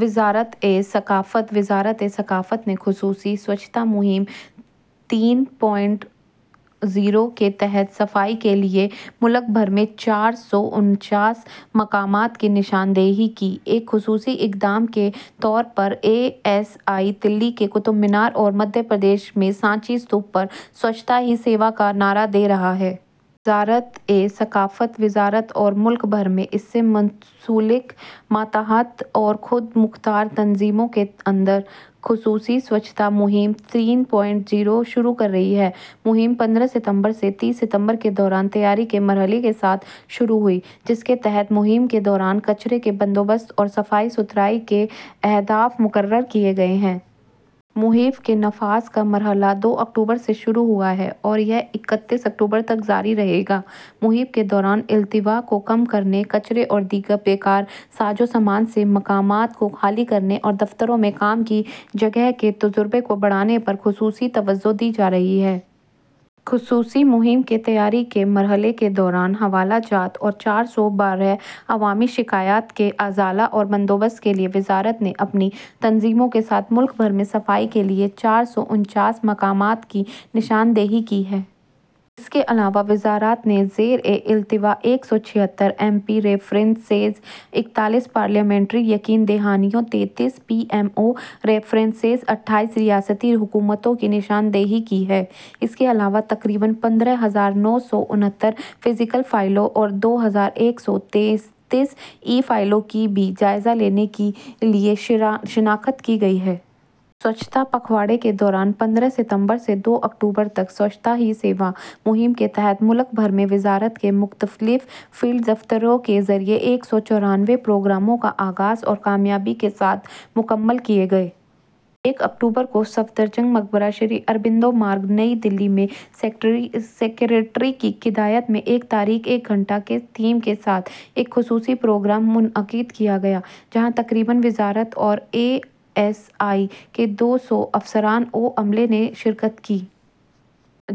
وزارت ثقافت۔ وزارت ثقافت نے خصوصی سوچھتا مہم تین اعشاریہ صفر کے تحت صفائی کے لیے ملک بھر میں چار سو انچاس مقامات کی نشاندہی کی۔ ایک خصوصی اقدام کے طور پر اے ایس آئی دہلی کے قطب مینار اور مدھیہ پردیش میں سانچی استوپا پر سوچھتا ہی سیوا کا نعرہ دے رہا ہے۔ وزارت ثقافت وزارت اور ملک بھر میں اس سے منسلک، ماتحت اور خود مختار تنظیموں کے اندر خصوصی سوچھتا مہم تین اعشاریہ صفر شروع کر رہی ہے۔ مہم پندرہ ستمبر سے تیس ستمبر کے دوران تیاری کے مرحلے کے ساتھ شروع ہوئی جس کے تحت مہم کے دوران کچرے کے بندوبست اور صفائی ستھرائی کے اہداف مقرر کیے گئے ہیں۔ مہم کے نفاذ کا مرحلہ دو اکتوبر سے شروع ہوا ہے اور یہ اکتیس اکتوبر تک جاری رہے گا۔ مہم کے دوران التوا کو کم کرنے، کچرے اور دیگر بے کار سازوسامان سے مقامات کو خالی کرنے اور دفاتر میں کام کی جگہ کے تجربے کو بڑھانے پر خصوصی توجہ دی جا رہی ہے۔ خصوصی مہم کے تیاری کے مرحلے کے دوران حوالہ جات اور چار سو بارہ عوامی شکایات کے ازالے اور بندوبست کے لیے وزارت نے اپنی تنظیموں کے ساتھ ملک بھر میں صفائی کے لیے چار سو انچاس مقامات کی نشاندہی کی ہے۔ اس کے علاوہ وزارت نے زیر التواء ایک سو چھہتر ایم پی ریفرنسز، اکتالیس پارلیمانی یقین دہانیوں، تینتیس پی ایم او ریفرنسز، اٹھائیس ریاستی حکومتوں کی نشاندہی کی ہے۔ اس کے علاوہ تقریباً پندرہ ہزار نو سو انہتر فزیکل فائلوں اور دو ہزار ایک سو تینتیس ای فائلوں کی بھی جائزہ لینے کے لیے شناخت کی گئی ہے۔ سوچھتا پکھواڑے کے دوران پندرہ ستمبر سے دو اکتوبر تک، سوچھتا ہی سیوا مہم کے تحت ملک بھر میں وزارت کے مختلف فیلڈ دفاتر کے ذریعے ایک سو چورانوے پروگراموں کا آغاز اور کامیابی کے ساتھ مکمل کیے گئے۔ یکم اکتوبر کو صفدر جنگ مقبرہ، سری اروبندو مارگ، نئی دہلی میں سکریٹری کی قیادت میں ایک تاریخ ایک گھنٹہ کے تھیم کے ساتھ ایک خصوصی پروگرام منعقد کیا گیا جہاں تقریباً وزارت اور اے ایس آئی کے دو سو افسران و عملہ نے شرکت کی۔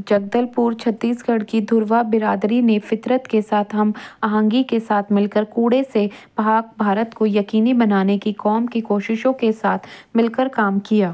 جگدل پور، چھتیس گڑھ کی دھروا برادری نے قدرت کے ساتھ ہم آہنگی کے ساتھ مل کر کوڑے سے پاک بھارت کو یقینی بنانے کی قوم کی کوششوں کے ساتھ مل کر کام کیا۔